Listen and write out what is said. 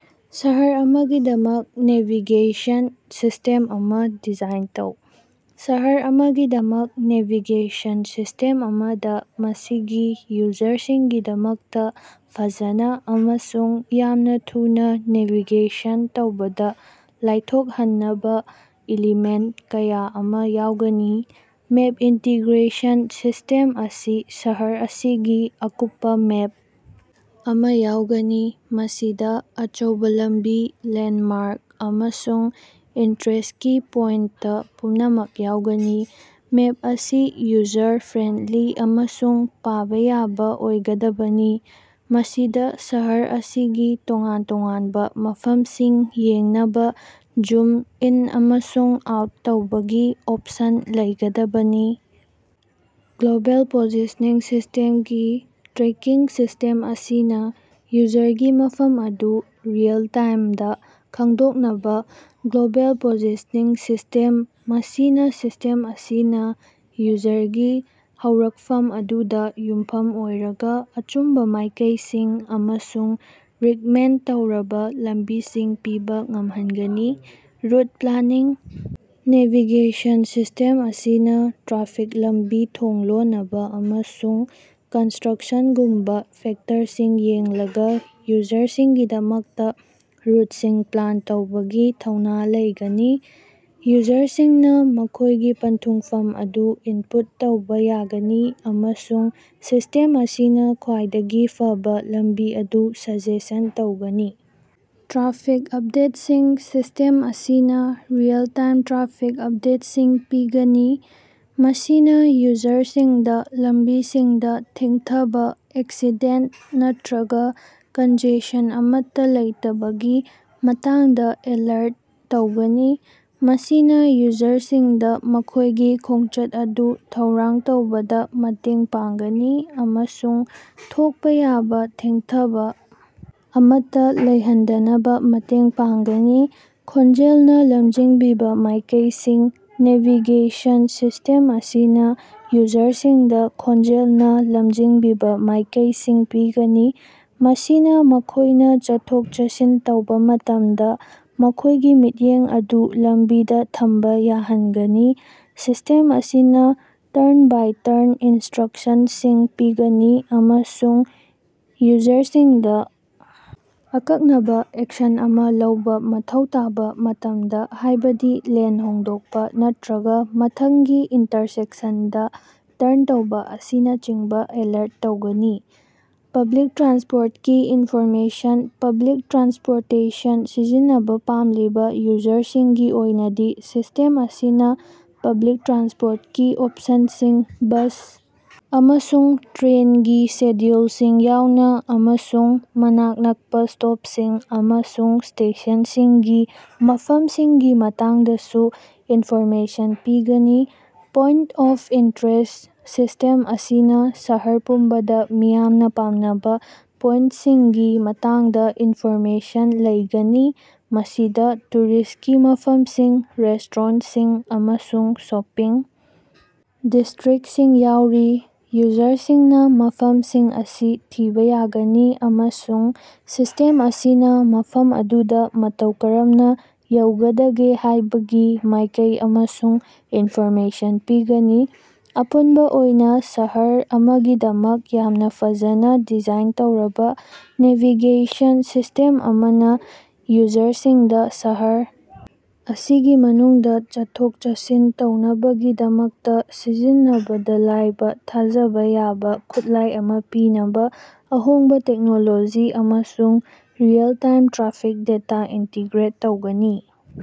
ꯁꯍꯔ ꯑꯃꯒꯤꯗꯃꯛ navigation system ꯑꯃ ꯗꯤꯖꯥꯏꯟ ꯇꯧ꯫ ꯁꯍꯔ ꯑꯃꯒꯤꯗꯃꯛ ꯅꯦꯚꯤꯒꯦꯁꯟ ꯁꯤꯁ꯭ꯇꯦꯝ ꯑꯃꯗ ꯃꯁꯤꯒꯤ ꯌꯨꯖꯔꯁꯤꯡꯒꯤꯗꯃꯛꯇ ꯐꯖꯅ ꯑꯃꯁꯨꯡ ꯌꯥꯝꯅ ꯊꯨꯅ ꯅꯦꯚꯤꯒꯦꯁꯟ ꯇꯧꯕꯗ ꯂꯥꯏꯊꯣꯛꯍꯟꯅꯕ ꯏꯂꯤꯃꯦꯟꯇ ꯀꯌꯥ ꯑꯃ ꯌꯥꯎꯒꯅꯤ꯫ ꯃꯦꯞ ꯏꯟꯇꯤꯒ꯭ꯔꯦꯁꯟ ꯁꯤꯁ꯭ꯇꯦꯝ ꯑꯁꯤ ꯁꯍꯔ ꯑꯁꯤꯒꯤ ꯑꯀꯨꯞꯄ ꯃꯦꯞ ꯑꯃ ꯌꯥꯎꯒꯅꯤ꯫ ꯃꯁꯤꯗ ꯑꯆꯧꯕ ꯂꯝꯕꯤ, ꯂꯦꯟꯗꯃꯥꯔꯛ, ꯑꯃꯁꯨꯡ ꯏꯟꯇꯔꯦꯁ꯭ꯇꯀꯤ ꯄꯣꯏꯟꯇ ꯄꯨꯝꯅꯃꯛ ꯌꯥꯎꯒꯅꯤ꯫ ꯃꯦꯞ ꯑꯁꯤ ꯌꯨꯖꯔ ꯐ꯭ꯔꯦꯟꯗꯂꯤ ꯑꯃꯁꯨꯡ ꯄꯥꯕ ꯌꯥꯕ ꯑꯣꯏꯒꯗꯕꯅꯤ, ꯃꯁꯤꯗ ꯁꯍꯔ ꯑꯁꯤꯒꯤ ꯇꯣꯉꯥꯟ ꯇꯣꯉꯥꯟꯕ ꯃꯐꯝꯁꯤꯡ ꯌꯦꯡꯅꯕ ꯖꯨꯝ ꯏꯟ ꯑꯃꯁꯨꯡ ꯑꯥꯎꯠ ꯇꯧꯕꯒꯤ ꯑꯣꯞꯁꯟ ꯂꯩꯒꯗꯕꯅꯤ꯫ ꯒ꯭ꯂꯣꯕꯦꯜ ꯄꯣꯖꯤꯁꯅꯤꯡ ꯁꯤꯁꯇꯦꯝꯀꯤ ꯇ꯭ꯔꯦꯀꯤꯡ ꯁꯤꯁ꯭ꯇꯦꯝ ꯑꯁꯤꯅ ꯌꯨꯖꯔꯒꯤ ꯃꯐꯝ ꯑꯗꯨ ꯔꯤꯑꯦꯜ ꯇꯥꯏꯃꯗ ꯈꯪꯗꯣꯛꯅꯕ ꯒ꯭ꯂꯣꯕꯦꯜ ꯄꯣꯖꯤꯁꯅꯤꯡ ꯁꯤꯁꯇꯦꯝ ꯃꯁꯤꯅ ꯁꯤꯁ꯭ꯇꯦꯝ ꯑꯁꯤꯅ ꯌꯨꯖꯔꯒꯤ ꯍꯧꯔꯛꯐꯝ ꯑꯗꯨꯗ ꯌꯨꯝꯐꯝ ꯑꯣꯏꯔꯒ ꯑꯆꯨꯝꯕ ꯃꯥꯏꯀꯩꯁꯤꯡ ꯑꯃꯁꯨꯡ ꯔꯤꯛꯃꯦꯟꯗ ꯇꯧꯔꯕ ꯂꯝꯕꯤꯁꯤꯡ ꯄꯤꯕꯥ ꯉꯝꯍꯟꯒꯅꯤ꯫ ꯔꯨꯠ ꯄ꯭ꯂꯥꯅꯤꯡ ꯅꯦꯚꯤꯒꯦꯁꯟ ꯁꯤꯁ꯭ꯇꯦꯝ ꯑꯁꯤꯅꯥ ꯇ꯭ꯔꯥꯐꯤꯛ, ꯂꯝꯕꯤ ꯊꯣꯡ ꯂꯣꯅꯕ ꯑꯃꯁꯨꯡ ꯀꯟꯁꯇꯔꯛꯁꯟꯒꯨꯝꯕ ꯐꯦꯛꯇꯔꯁꯤꯡ ꯌꯦꯡꯂꯒ ꯌꯨꯖꯔꯁꯤꯡꯒꯤꯗꯃꯛꯇ ꯔꯨꯠꯁꯤꯡ ꯄ꯭ꯂꯥꯟ ꯇꯧꯕꯒꯤ ꯊꯧꯅ ꯂꯩꯒꯅꯤ꯫ ꯌꯨꯖꯔꯁꯤꯡꯅ ꯃꯈꯣꯏꯒꯤ ꯄꯟꯊꯨꯡꯐꯝ ꯑꯗꯨ ꯏꯟꯄꯨꯠ ꯇꯧꯕ ꯌꯥꯒꯅꯤ ꯑꯃꯁꯨꯡ ꯁꯤꯁ꯭ꯇꯦꯝ ꯑꯁꯤꯅ ꯈ꯭ꯋꯥꯏꯗꯒꯤ ꯐꯕ ꯂꯝꯕꯤ ꯑꯗꯨ ꯁꯖꯦꯁꯟ ꯇꯧꯒꯅꯤ꯫ ꯇ꯭ꯔꯥꯐꯤꯛ ꯑꯞꯗꯦꯠꯁꯤꯡ ꯁꯤꯁ꯭ꯇꯦꯝ ꯑꯁꯤꯅꯥ ꯔꯤꯑꯦꯜ-ꯇꯥꯏꯃ ꯇ꯭ꯔꯥꯐꯤꯛ ꯑꯞꯗꯦꯠꯁꯤꯡ ꯄꯤꯒꯅꯤ, ꯃꯁꯤꯅ ꯌꯨꯖꯔꯁꯤꯡꯗ ꯂꯝꯕꯤꯁꯤꯡꯗ ꯊꯦꯡꯊꯕ, ꯑꯦꯛꯁꯤꯗꯦꯟꯇ ꯅꯠꯇꯔꯒ ꯀꯟꯖꯦꯁꯟ ꯑꯃꯠꯇ ꯂꯩꯇꯕꯒꯤ ꯃꯇꯥꯡꯗ ꯑꯦꯂꯔꯠ ꯇꯧꯒꯅꯤ꯫ ꯃꯁꯤꯅ ꯌꯨꯖꯔꯁꯤꯡꯗ ꯃꯈꯣꯏꯒꯤ ꯈꯣꯡꯆꯠ ꯑꯗꯨ ꯊꯧꯔꯥꯡ ꯇꯧꯕꯗ ꯃꯇꯦꯡ ꯄꯥꯡꯒꯅꯤ ꯑꯃꯁꯨꯡ ꯊꯣꯛꯄ ꯌꯥꯕ ꯊꯦꯡꯊꯕ ꯑꯃꯠꯇ ꯂꯩꯍꯟꯗꯅꯕ ꯃꯇꯦꯡ ꯄꯥꯡꯒꯅꯤ꯫ ꯈꯣꯟꯖꯦꯜꯅ ꯂꯝꯖꯤꯡꯕꯤꯕ ꯃꯥꯏꯀꯩꯁꯤꯡ ꯅꯦꯚꯤꯒꯦꯁꯟ ꯁꯤꯁ꯭ꯇꯦꯝ ꯑꯁꯤꯅ ꯌꯨꯖꯔꯁꯤꯡꯗ ꯈꯣꯟꯖꯦꯜꯅ ꯂꯝꯖꯤꯡꯕꯤꯕ ꯃꯥꯏꯀꯩꯁꯤꯡ ꯄꯤꯒꯅꯤ, ꯃꯁꯤꯅ ꯃꯈꯣꯏꯅ ꯆꯠꯊꯣꯛ-ꯆꯠꯁꯤꯟ ꯇꯧꯕ ꯃꯇꯝꯗ ꯃꯈꯣꯏꯒꯤ ꯃꯤꯠꯌꯦꯡ ꯑꯗꯨ ꯂꯝꯕꯤꯗ ꯊꯝꯕ ꯌꯥꯍꯟꯒꯅꯤ꯫ ꯁꯤꯁ꯭ꯇꯦꯝ ꯑꯁꯤꯅ ꯇꯔꯟ-ꯕꯥꯏ-ꯇꯔꯟ ꯏꯟꯁꯇꯔꯛꯁꯟꯁꯤꯡ ꯄꯤꯒꯅꯤ ꯑꯃꯁꯨꯡ ꯌꯨꯖꯔꯁꯤꯡꯗ ꯑꯀꯛꯅꯕ ꯑꯦꯛꯁꯟ ꯑꯃ ꯂꯧꯕꯥ ꯃꯊꯧ ꯇꯥꯕ ꯃꯇꯝꯗ ꯍꯥꯏꯕꯗꯤ ꯂꯦꯟ ꯍꯣꯡꯗꯣꯛꯄ ꯅꯠꯇꯔꯒ ꯃꯊꯪꯒꯤ ꯏꯟꯇꯔꯁꯦꯛꯁꯟꯗ ꯇꯔꯟ ꯇꯧꯕ ꯑꯁꯤꯅꯆꯤꯡꯕ ꯑꯦꯂꯔꯠ ꯇꯧꯒꯅꯤ꯫ ꯄꯕ꯭ꯂꯤꯛ ꯇ꯭ꯔꯥꯟꯁꯄꯣꯔꯇꯀꯤ ꯏꯟꯐꯣꯔꯃꯦꯁꯟ ꯄꯕ꯭ꯂꯤꯛ ꯇ꯭ꯔꯥꯟꯁꯄꯣꯔꯇꯦꯁꯟ ꯁꯤꯖꯤꯟꯅꯕ ꯄꯥꯝꯂꯤꯕ ꯌꯨꯖꯔꯁꯤꯡꯒꯤ ꯑꯣꯏꯅꯗꯤ ꯁꯤꯁ꯭ꯇꯦꯝ ꯑꯁꯤꯅ ꯄꯕ꯭ꯂꯤꯛ ꯇ꯭ꯔꯥꯟꯁꯄꯣꯔꯇꯀꯤ ꯑꯣꯞꯁꯟꯁꯤꯡ, ꯕꯁ ꯑꯃꯁꯨꯡ ꯇ꯭ꯔꯦꯅꯒꯤ ꯁꯦꯗ꯭ꯌꯨꯜꯁꯤꯡ ꯌꯥꯎꯅ, ꯑꯃꯁꯨꯡ ꯃꯅꯥꯛ ꯅꯛꯄ ꯁ꯭ꯇꯣꯞꯁꯤꯡ ꯑꯃꯁꯨꯡ ꯁ꯭ꯇꯦꯁꯟꯁꯤꯡꯒꯤ ꯃꯐꯝꯁꯤꯡꯒꯤ ꯃꯇꯥꯡꯗꯁꯨ ꯏꯟꯐꯣꯔꯃꯦꯁꯟ ꯄꯤꯒꯅꯤ꯫ ꯄꯣꯏꯟꯇ ꯑꯣꯐ ꯏꯟꯇꯔꯦꯁ꯭ꯠ ꯁꯤꯁ꯭ꯇꯦꯝ ꯑꯁꯤꯅ ꯁꯍꯔ ꯄꯨꯝꯕꯗ ꯃꯤꯌꯥꯝꯅ ꯄꯥꯝꯅꯕ ꯄꯣꯏꯟꯇꯁꯤꯡꯒꯤ ꯃꯇꯥꯡꯗ ꯏꯟꯐꯣꯔꯃꯦꯁꯟ ꯂꯩꯒꯅꯤ, ꯃꯁꯤꯗꯥ ꯇꯨꯔꯤꯁ꯭ꯇꯀꯤ ꯃꯐꯝꯁꯤꯡ, ꯔꯦꯁ꯭ꯇꯣꯔꯦꯟꯇꯁꯤꯡ ꯑꯃꯁꯨꯡ ꯁꯣꯄꯤꯡ ꯗꯤꯁ꯭ꯇꯔꯤꯛꯇꯁꯤꯡ ꯌꯥꯎꯔꯤ꯫ ꯌꯨꯖꯔꯁꯤꯡꯅꯥ ꯃꯐꯝꯁꯤꯡ ꯑꯁꯤ ꯊꯤꯕ ꯌꯥꯒꯅꯤ ꯑꯃꯁꯨꯡ ꯁꯤꯁ꯭ꯇꯦꯝ ꯑꯁꯤꯅ ꯃꯐꯝ ꯑꯗꯨꯗ ꯃꯇꯧ ꯀꯔꯝꯅꯥ ꯌꯧꯒꯗꯒꯦ ꯍꯥꯏꯕꯒꯤ ꯃꯥꯏꯀꯩ ꯑꯃꯁꯨꯡ ꯏꯟꯐꯣꯔꯃꯦꯁꯟ ꯄꯤꯒꯅꯤ꯫ ꯑꯄꯨꯟꯕ ꯑꯣꯏꯅꯥ ꯁꯍꯔ ꯑꯃꯒꯤꯗꯃꯛ ꯌꯥꯝꯅ ꯐꯖꯅ ꯗꯤꯖꯥꯏꯟ ꯇꯧꯔꯕꯥ ꯅꯦꯚꯤꯒꯦꯁꯟ ꯁꯤꯁ꯭ꯇꯦꯝ ꯑꯃꯅ ꯌꯨꯖꯔꯁꯤꯡꯗ ꯁꯍꯔ ꯑꯁꯤꯒꯤ ꯃꯅꯨꯡꯗ ꯆꯠꯊꯣꯛ-ꯆꯠꯁꯤꯟ ꯇꯧꯅꯕꯒꯤꯗꯃꯛꯇ ꯁꯤꯖꯤꯟꯅꯕꯗ ꯂꯥꯏꯕ, ꯊꯥꯖꯕ ꯌꯥꯕ ꯈꯨꯠꯂꯥꯏ ꯑꯃ ꯄꯤꯅꯕ ꯑꯍꯣꯡꯕ ꯇꯦꯛꯅꯣꯂꯣꯖꯤ ꯑꯃꯁꯨꯡ ꯔꯤꯑꯦꯜ-ꯇꯥꯏꯝ ꯇ꯭ꯔꯥꯐꯤꯛ ꯗꯦꯇꯥ ꯏꯟꯇꯤꯒ꯭ꯔꯦꯠ ꯇꯧꯒꯅꯤ꯫